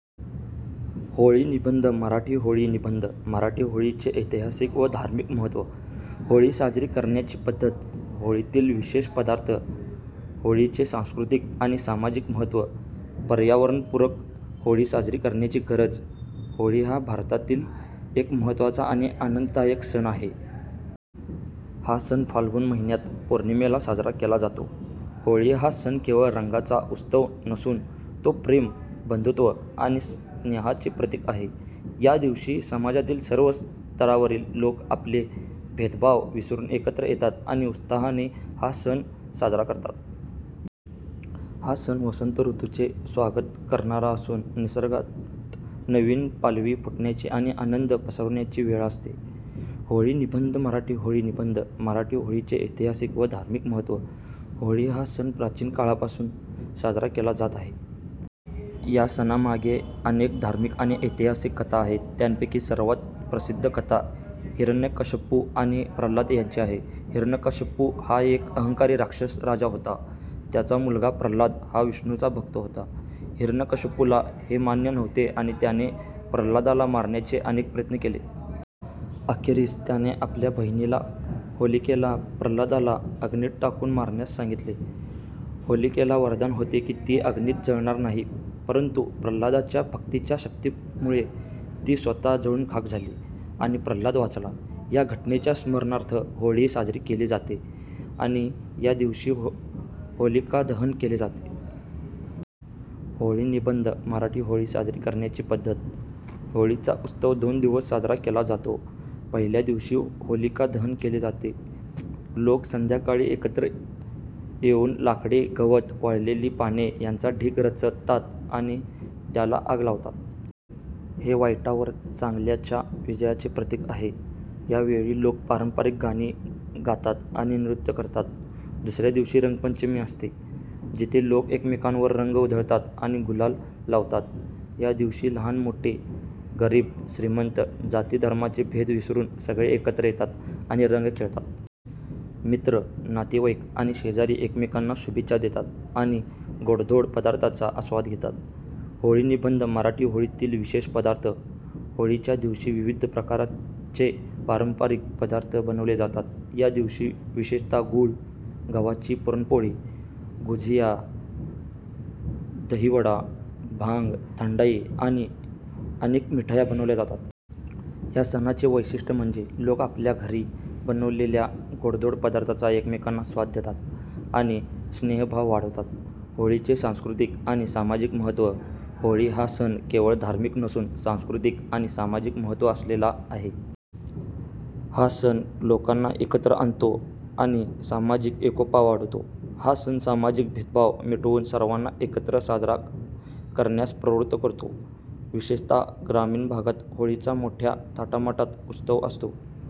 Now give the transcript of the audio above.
होळी निबंध मराठी होळी निबंध मराठी होळीचे ऐतिहासिक व धार्मिक महत्त्व, होळी साजरी करण्याची पद्धत, होळीतील विशेष पदार्थ, होळीचे सांस्कृतिक आणि सामाजिक महत्त्व, पर्यावरणपूरक होळी साजरी करण्याची गरज. होळी हा भारतातील एक महत्त्वाचा आणि आनंददायक सण आहे. हा सण फाल्गुन महिन्यात पौर्णिमेला साजरा केला जातो. होळी हा सण केवळ रंगांचा उत्सव नसून तो प्रेम, बंधुत्व आणि स्नेहाचे प्रतीक आहे. या दिवशी समाजातील सर्व स्तरातील लोक आपले भेदभाव विसरून एकत्र येतात आणि उत्साहाने हा सण साजरा करतात. हा सण वसंत ऋतूचे स्वागत करणारा असून निसर्गात नवीन पालवी फुटण्याची आणि आनंद पसरवण्याची वेळ असते. होळी निबंध मराठी होळी निबंध मराठी होळीचे ऐतिहासिक व धार्मिक महत्त्व. होळी हा सण प्राचीन काळापासून साजरा केला जात आहे. या सणाच्या मागे अनेक धार्मिक आणि ऐतिहासिक कथा आहेत. त्यापैकी सर्वात प्रसिद्ध कथा हिरण्यकश्यपू आणि प्रल्हाद यांची आहे. हिरण्यकश्यपू हा एक अहंकारी राक्षस राजा होता. त्याचा मुलगा प्रल्हाद हा विष्णूचा भक्त होता. हिरण्यकश्यपूला हे मान्य नव्हते आणि त्याने प्रल्हादाला मारण्याचे अनेक प्रयत्न केले. अखेरीस त्याने आपल्या बहिणीला, होलिकेला, प्रल्हादाला अग्नीत टाकून मारण्यास सांगितले. होलिकेला वरदान होते की ती अग्नीत जळणार नाही, परंतु प्रल्हादाच्या भक्तीच्या शक्तीमुळे ती स्वतः जळून खाक झाली आणि प्रल्हाद वाचला. या घटनेच्या स्मरणार्थ होळी साजरी केली जाते आणि या दिवशी होलिका दहन केले जाते. होळी निबंध मराठी होळी साजरी करण्याची पद्धत. होळीचा उत्सव दोन दिवस साजरा केला जातो. पहिल्या दिवशी होलिका दहन केले जाते. लोक संध्याकाळी एकत्र येऊन लाकडे, गवत, वाळलेली पाने यांचा ढीग रचतात आणि त्याला आग लावतात. हे वाईटावर चांगल्याच्या विजयाचे प्रतीक आहे. या वेळी लोक पारंपरिक गाणी गातात आणि नृत्य करतात. दुसऱ्या दिवशी रंगपंचमी असते, जिथे लोक एकमेकांवर रंग उधळतात आणि गुलाल लावतात. या दिवशी लहान मोठे, गरीब श्रीमंत, जाती धर्माचे भेद विसरून सगळे एकत्र येतात आणि रंग खेळतात. मित्र, नातेवाईक आणि शेजारी एकमेकांना शुभेच्छा देतात आणि गोडधोड पदार्थांचा आस्वाद घेतात. होळी निबंध मराठी होळीतील विशेष पदार्थ. होळीच्या दिवशी विविध प्रकारचे पारंपरिक पदार्थ बनवले जातात. या दिवशी विशेषतः गूळ गव्हाची पुरणपोळी, गुझिया, दहीवडा, भांग ठंडाई आणि अनेक मिठाया बनवल्या जातात. या सणाचे वैशिष्ट्य म्हणजे लोक आपापल्या घरी बनवलेल्या गोडधोड पदार्थांचा एकमेकांना स्वाद देतात आणि स्नेहभाव वाढवतात. होळीचे सांस्कृतिक आणि सामाजिक महत्त्व. होळी हा सण केवळ धार्मिक नसून सांस्कृतिक आणि सामाजिक महत्त्व असलेला आहे. हा सण लोकांना एकत्र आणतो आणि सामाजिक एकोपा वाढवतो. हा सण सामाजिक भेदभाव मिटवून सर्वांना एकत्र साजरा करण्यास प्रवृत्त करतो. विशेषतः ग्रामीण भागात होळीचा मोठ्या थाटामाटात उत्सव असतो.